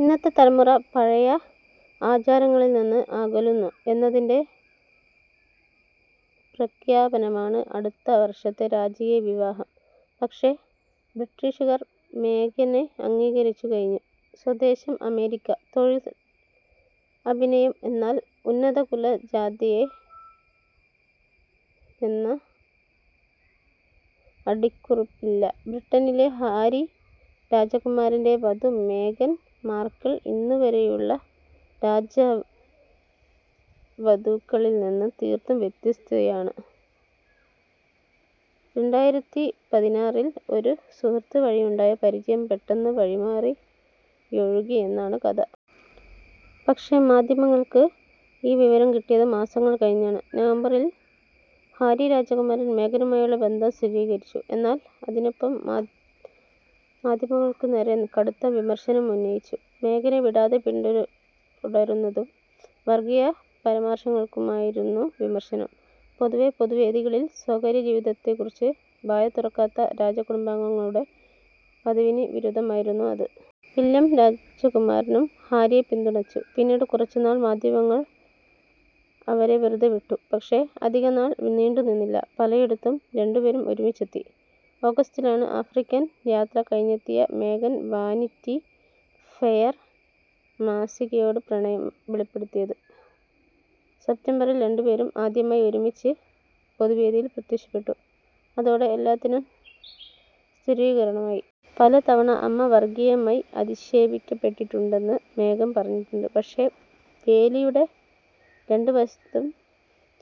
ഇന്നത്തെ തലമുറ പഴയ ആചാരങ്ങളിൽനിന്ന് അകലുന്നു എന്നതിന്റെ പ്രഖ്യാപനമാണ് അടുത്ത വർഷത്തെ രാജകീയ വിവാഹം. പക്ഷേ ബ്രിട്ടീഷുകാർ മേഗനെ അംഗീകരിച്ചുകഴിഞ്ഞു. സ്വദേശം അമേരിക്ക. തൊഴിൽ അഭിനയം. എന്നാൽ ഉന്നതകുലജാതയെന്ന അടിക്കുറിപ്പില്ല. ബ്രിട്ടനിലെ ഹാരി രാജകുമാരന്റെ വധു മേഗൻ മാർക്കിൾ ഇന്നുവരെയുള്ള രാജവധുക്കളിൽനിന്ന് തീർത്തും വ്യത്യസ്തയാണ്. രണ്ടായിരത്തി പതിനാറിൽ ഒരു സുഹൃത്ത് വഴിയുണ്ടായ പരിചയം പെട്ടെന്ന് വഴിമാറിയൊഴുകി എന്നാണ് കഥ. പക്ഷേ മാധ്യമങ്ങൾക്ക് ഈ വിവരം കിട്ടിയത് മാസങ്ങൾ കഴിഞ്ഞാണ്. നവംബറിൽ ഹാരി രാജകുമാരൻ മേഗനുമായുള്ള ബന്ധം സ്ഥിരീകരിച്ചു. എന്നാൽ അതിനൊപ്പം മാധ്യമങ്ങൾക്കുനേരെ കടുത്ത വിമർശനവുമുന്നയിച്ചു. മേഗനെ വിടാതെ പിന്തുടരുന്നതിനും വർഗീയ പരാമർശങ്ങൾക്കുമായിരുന്നു വിമർശനം. പൊതുവേ പൊതുവേദികളിൽ സ്വകാര്യജീവിതത്തെക്കുറിച്ച് വായ തുറക്കാത്ത രാജകുടുംബാംഗങ്ങളുടെ പതിവിന് വിരുദ്ധമായിരുന്നു അത്. വില്യം രാജകുമാരനും ഹാരിയെ പിന്തുണച്ചു. പിന്നീട് കുറച്ചുനാൾ മാധ്യമങ്ങൾ അവരെ വെറുതേവിട്ടു. പക്ഷേ അധികനാൾ നീണ്ടുനിന്നില്ല. പലയിടത്തും രണ്ടുപേരും ഒരുമിച്ചെത്തി. ഓഗസ്റ്റിലാണ് ആഫ്രിക്കൻ യാത്ര കഴിഞ്ഞെത്തിയ മേഗൻ വാനിറ്റി ഫെയർ മാസികയോട് പ്രണയം വെളിപ്പെടുത്തിയത്. സെപ്റ്റംബറിൽ രണ്ടുപേരും ആദ്യമായി ഒരുമിച്ച് പൊതുവേദിയിൽ പ്രത്യക്ഷപ്പെട്ടു. അതോടെ എല്ലാറ്റിനും സ്ഥിരീകരണമായി. പലതവണ അമ്മ വർഗീയമായി അധിക്ഷേപിക്കപ്പെട്ടിട്ടുണ്ടെന്ന് മേഗൻ പറഞ്ഞിട്ടുണ്ട്. പക്ഷേ വേലിയുടെ രണ്ടുവശത്തും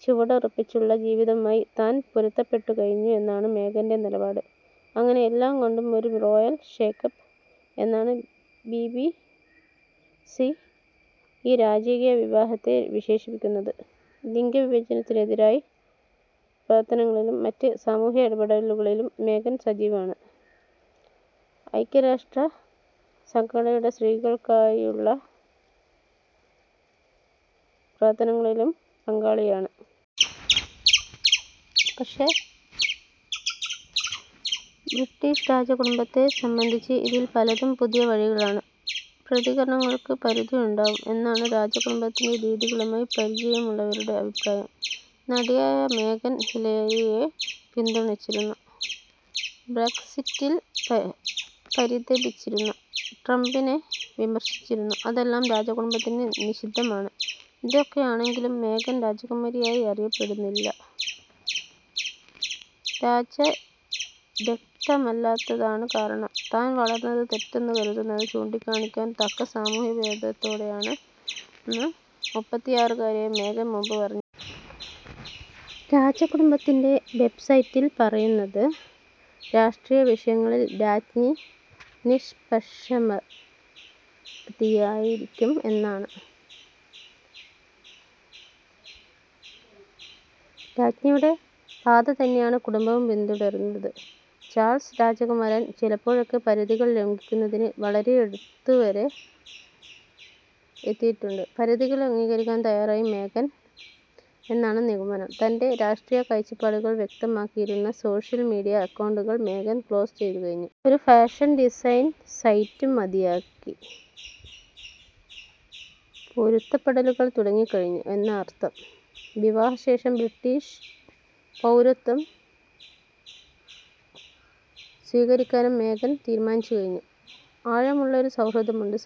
ചുവടുറപ്പിച്ചുള്ള ജീവിതവുമായി താൻ പൊരുത്തപ്പെട്ടുകഴിഞ്ഞു എന്നാണ് മേഗന്റെ നിലപാട്. അങ്ങനെ എല്ലാംകൊണ്ടും ഒരു റോയൽ ഷേക്കപ്പ് എന്നാണ് ബിബിസി ഈ രാജകീയവിവാഹത്തെ വിശേഷിപ്പിക്കുന്നത്. ലിംഗവിവേചനത്തിനെതിരായ പ്രവർത്തനങ്ങളിലും മറ്റ് സാമൂഹ്യ ഇടപെടലുകളിലും മേഗൻ സജീവമാണ്. ഐക്യരാഷ്ട്ര സംഘടനയുടെ സ്ത്രീകൾക്കായുള്ള പ്രവർത്തനങ്ങളിലും പങ്കാളിയാണ്. പക്ഷേ ബ്രിട്ടീഷ് രാജകുടുംബത്തെ സംബന്ധിച്ച് ഇതിൽ പലതും പുതിയ വഴികളാണ്. പ്രതികരണങ്ങൾക്ക് പരിധിയുണ്ടാവും എന്നാണ് രാജകുടുംബത്തിന്റെ രീതികളുമായി പരിചയമുള്ളവരുടെ അഭിപ്രായം. നടിയായ മേഗൻ ഹിലരിയെ പിന്തുണച്ചിരുന്നു. ബ്രെക്സിറ്റിൽ പരിതപിച്ചിരുന്നു. ട്രംപിനെ വിമർശിച്ചിരുന്നു. അതെല്ലാം രാജകുടുംബത്തിന് നിഷിദ്ധമാണ്. ഇതൊക്കെയാണെങ്കിലും മേഗൻ രാജകുമാരിയായി അറിയപ്പെടില്ല. രാജരക്തമല്ലാത്തതാണ് കാരണം. താൻ വളർന്നത് തെറ്റെന്ന് കരുതുന്നത് ചൂണ്ടിക്കാണിക്കാൻ തക്ക സാമൂഹ്യബോധത്തോടെയാണെന്ന് മുപ്പത്തിയാറുകാരിയായ മേഗൻ മുമ്പ് പറഞ്ഞിരുന്നു. രാജകുടുംബത്തിന്റെ വെബ്സൈറ്റിൽ പറയുന്നത് രാഷ്ട്രീയവിഷയങ്ങളിൽ രാജ്ഞി നിഷ്പക്ഷമതിയായിരിക്കും എന്നാണ്. രാജ്ഞിയുടെ പാതതന്നെയാണ് കുടുംബവും പിന്തുടരുന്നത്. ചാൾസ് രാജകുമാരൻ ചിലപ്പോഴൊക്കെ പരിധികൾ ലംഘിക്കുന്നതിന് വളരെയടുത്തുവരെ എത്തിയിട്ടുണ്ട്. പരിധികൾ അംഗീകരിക്കാൻ തയ്യാറായി മേഗൻ എന്നാണ് നിഗമനം. തന്റെ രാഷ്ട്രീയകാഴ്ചപ്പാടുകൾ വ്യക്തമാക്കിയിരുന്ന സോഷ്യൽ മീഡിയ അക്കൗണ്ടുകൾ മേഗൻ ക്ലോസ് ചെയ്തു കഴിഞ്ഞു. ഒരു ഫാഷൻ ഡിസൈൻ സൈറ്റും മതിയാക്കി. പൊരുത്തപ്പെടലുകൾ തുടങ്ങിക്കഴിഞ്ഞു എന്നർത്ഥം. വിവാഹശേഷം ബ്രിട്ടീഷ് പൗരത്വം സ്വീകരിക്കാനും മേഗൻ തീരുമാനിച്ചുകഴിഞ്ഞു. ആഴമുള്ളൊരു സൗഹൃദമുണ്ട്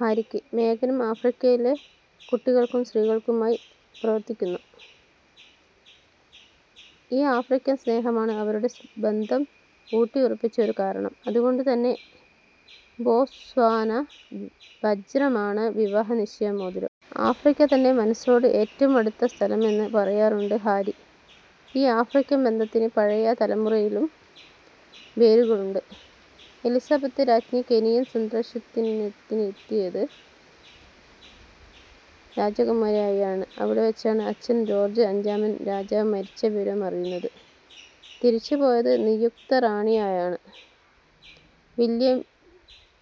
ഹാരിക്ക്. മേഗനും ആഫ്രിക്കയിലെ കുട്ടികൾക്കും സ്ത്രീകൾക്കുമായി പ്രവർത്തിക്കുന്നു. ഈ ആഫ്രിക്കൻ സ്നേഹമാണ് അവരുടെ ബന്ധം ഊട്ടിയുറപ്പിച്ച ഒരു കാരണം. അതുകൊണ്ടുതന്നെ ബോസ്വാന വജ്രമാണ് വിവാഹനിശ്ചയമോതിരം. ആഫ്രിക്ക തന്റെ മനസ്സിനോട് ഏറ്റവും അടുത്ത സ്ഥലമെന്ന് പറയാറുണ്ട് ഹാരി.ഈ ആഫ്രിക്കൻ ബന്ധത്തിന് പഴയ തലമുറയിലും വേരുകളുണ്ട്. എലിസബത്ത് രാജ്ഞി കെനിയൻ സന്ദർശനത്തിനെത്തിയത് രാജകുമാരിയായാണ്. അവിടെവച്ചാണ് അച്ഛൻ ജോർജ് അഞ്ചാമൻ രാജാവ് മരിച്ച വിവരമറിയുന്നത്. തിരിച്ചുപോയത് നിയുക്ത റാണിയായാണ്.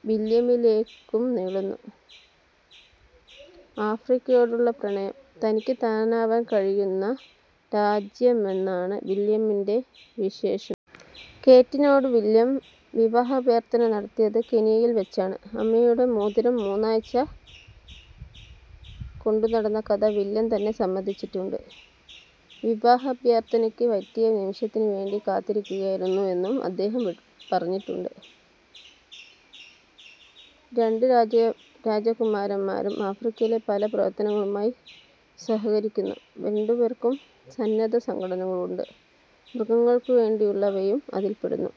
വില്യമിലേക്കും നീളുന്നു ആഫ്രിക്കയോടുള്ള പ്രണയം. തനിക്ക് താനാവാൻ കഴിയുന്ന രാജ്യമെന്നാണ് വില്യമിന്റെ വിശേഷണം. കേറ്റിനോട് വില്യം വിവാഹാഭ്യർഥന നടത്തിയത് കെനിയയിൽവച്ചാണ്. അമ്മയുടെ മോതിരം മൂന്നാഴ്ച കൊണ്ടുനടന്ന കഥ വില്യം തന്നെ സമ്മതിച്ചിട്ടുണ്ട്. വിവാഹാഭ്യർഥനയ്ക്ക് പറ്റിയ നിമിഷത്തിനുവേണ്ടി കാത്തിരിക്കുകയായിരുന്നുവെന്നും അദ്ദേഹം പറഞ്ഞിട്ടുണ്ട്. രണ്ട് രാജകുമാരന്മാരും ആഫ്രിക്കയിലെ പല പ്രവർത്തനങ്ങളുമായി സഹകരിക്കുന്നു. രണ്ടുപേർക്കും സന്നദ്ധ സംഘടനകളുണ്ട്. മൃഗങ്ങൾക്കുവേണ്ടിയുള്ളവയും അതിൽപ്പെടുന്നു.